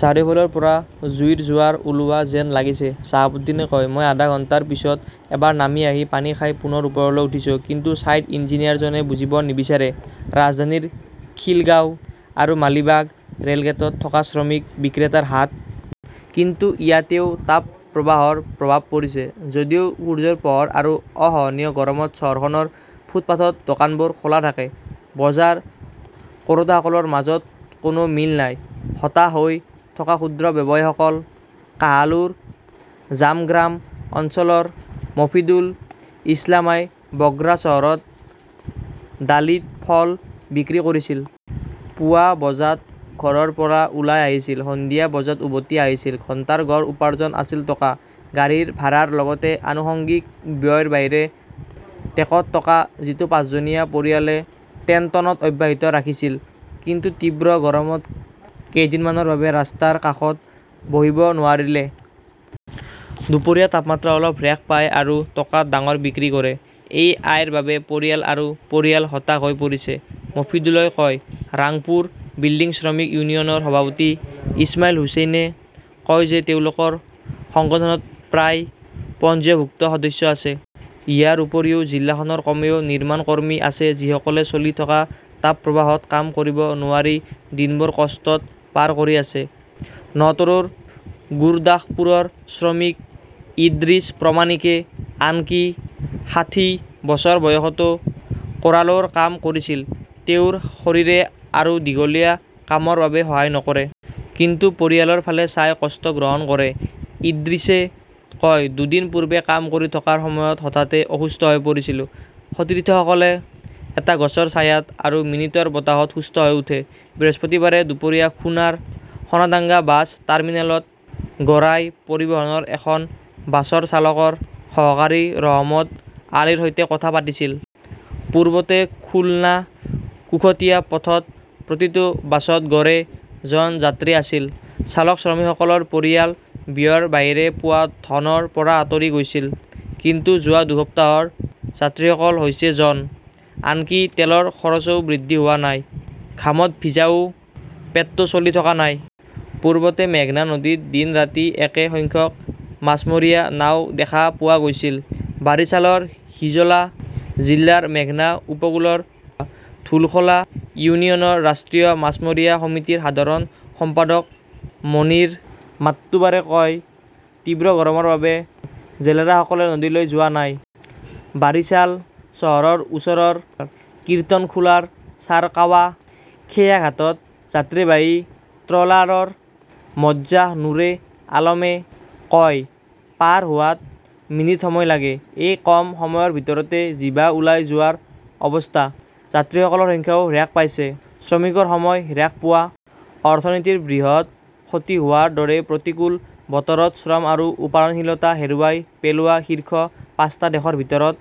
"চাৰিওফালৰ পৰা জুইৰ জোৱাৰ ওলোৱা যেন লাগিছে", চাহাবুদ্দিনে কয়। মই আধা ঘণ্টাৰ পিছত এবাৰ নামি আহি পানী খাই পুনৰ ওপৰলৈ উঠিছোঁ। কিন্তু ছাইট ইঞ্জিনিয়াৰজনে বুজিব নিবিচাৰে। "ৰাজধানীৰ খিলগাঁও আৰু মালিবাগ ৰেলগেটত থকা শ্ৰমিক বিক্ৰেতাৰ হাট। কিন্তু ইয়াতও তাপপ্ৰবাহৰ প্ৰভাৱ পৰিছে। যদিও সূৰ্যৰ পোহৰ আৰু অসহনীয় গৰমত চহৰখনৰ ফুটপাতত দোকানবোৰ খোলা থাকে, বজাৰ কৰোঁতাসকলৰ মাজত কোনো মিল নাই, হতাশ হৈ থকা ক্ষুদ্ৰ ব্যৱসায়ীসকল। কাহালুৰ জামগ্ৰাম অঞ্চলৰ মোফিদুল ইছলামই বগ্ৰা চহৰত ডালিত ফল বিক্ৰী কৰিছিল। পুৱা বজাত ঘৰৰ পৰা ওলাই আহিছিল; সন্ধিয়া বজাত উভতি আহিছিল। ঘণ্টাৰ গড় উপাৰ্জন আছিল টকা। গাড়ীৰ ভাড়াৰ লগতে আনুষংগিক ব্যয়ৰ বাহিৰে টেকত টকা, যিটো পাঁচজনীয়া পৰিয়ালে টেনটনত অব্যাহত ৰাখিছিল। কিন্তু তীব্ৰ গৰমত কেইদিনমানৰ বাবে ৰাস্তাৰ কাষত বহিব নোৱাৰিলে। দুপৰীয়া তাপমাত্ৰা অলপ হ্ৰাস পায় আৰু টকাত ডাঙৰ বিক্ৰী কৰে। এই আয়ৰ বাবে পৰিয়াল আৰু পৰিয়াল হতাশ হৈ পৰিছে, মোফিদুলই কয়। ৰাংপুৰ বিল্ডিং শ্ৰমিক ইউনিয়নৰ সভাপতি ইছমাইল হুচেইনে কয় যে তেওঁলোকৰ সংগঠনত প্ৰায় পঞ্জীয়নভুক্ত সদস্য আছে। ইয়াৰ উপৰিও, জিলাখনৰ কমেও নিৰ্মাণ কৰ্মী আছে, যিসকলে চলি থকা তাপপ্ৰবাহত কাম কৰিব নোৱাৰি দিনবোৰ কষ্টত পাৰ কৰি আছে। নটোৰৰ গুৰদাসপুৰৰ শ্ৰমিক ইদ্ৰিছ প্ৰমাণিকে আনকি ষাঠি বছৰ বয়সতো কোড়ালৰ কাম কৰিছিল। তেওঁৰ শৰীৰে আৰু দীঘলীয়া কামৰ বাবে সহায় নকৰে। কিন্তু পৰিয়ালৰ ফালে চাই কষ্ট গ্ৰহণ কৰে। ইদ্ৰিছে কয়, "দুদিন পূৰ্বে কাম কৰি থকাৰ সময়ত হঠাতে অসুস্থ হৈ পৰিছিলো। সতীৰ্থসকলে এটা গছৰ ছায়াত আৰু মিনিটৰ বতাহত সুস্থ হৈ উঠে। 'বৃহস্পতিবাৰে দুপৰীয়া খুনাৰ সোনাডাংগা বাছ টাৰ্মিনেলত গৰাই পৰিবহণৰ এখন বাছৰ চালকৰ সহকাৰী ৰহমত আলীৰ সৈতে কথা পাতিছিল। "পূৰ্বতে খুলনা-কুশটিয়া পথত প্ৰতিটো বাছত গড়ে জন যাত্ৰী আছিল। চালক-শ্ৰমিকসকলৰ পৰিয়াল ব্যয়ৰ বাহিৰে পোৱা ধনৰ পৰা আঁতৰি গৈছিল। কিন্তু যোৱা দুসপ্তাহৰ যাত্ৰীসকল হৈছে জন। আনকি তেলৰ খৰচও বৃদ্ধি হোৱা নাই। ঘামত ভিজাও পেটটো চলি থকা নাই। "পূৰ্বতে মেঘনা নদীত দিন-ৰাতি একে সংখ্যক মাছমৰীয়া নাও দেখা পোৱা গৈছিল", বাৰিছালৰ হিজলা জিলাৰ মেঘনা উপকূলৰ ধুলখোলা ইউনিয়নৰ ৰাষ্ট্ৰীয় মাছমৰীয়া সমিতিৰ সাধাৰণ সম্পাদক মনিৰ মাট্টুবাৰে কয়। তীব্ৰ গৰমৰ বাবে জেলেৰাসকলে নদীলৈ যোৱা নাই। "বাৰিছাল চহৰৰ ওচৰৰ কিৰ্তনখোলাৰ চাৰকাৱা খেয়াঘাটত যাত্ৰীবাহী ট্ৰলাৰৰ মজ্জা নুৰে আলমে কয়", পাৰ হোৱাত মিনিট সময় লাগে। এই কম সময়ৰ ভিতৰতে জিভা ওলাই যোৱাৰ অৱস্থা। যাত্ৰীসকলৰ সংখ্যাও হ্ৰাস পাইছে। 'শ্ৰমিকৰ সময় হ্ৰাস পোৱা, অৰ্থনীতিৰ বৃহৎ ক্ষতি হোৱাৰ দৰে প্ৰতিকূল বতৰত শ্ৰম আৰু উৎপাদনশীলতা হেৰুৱাই পেলোৱা শীৰ্ষ পাঁচটা দেশৰ ভিতৰত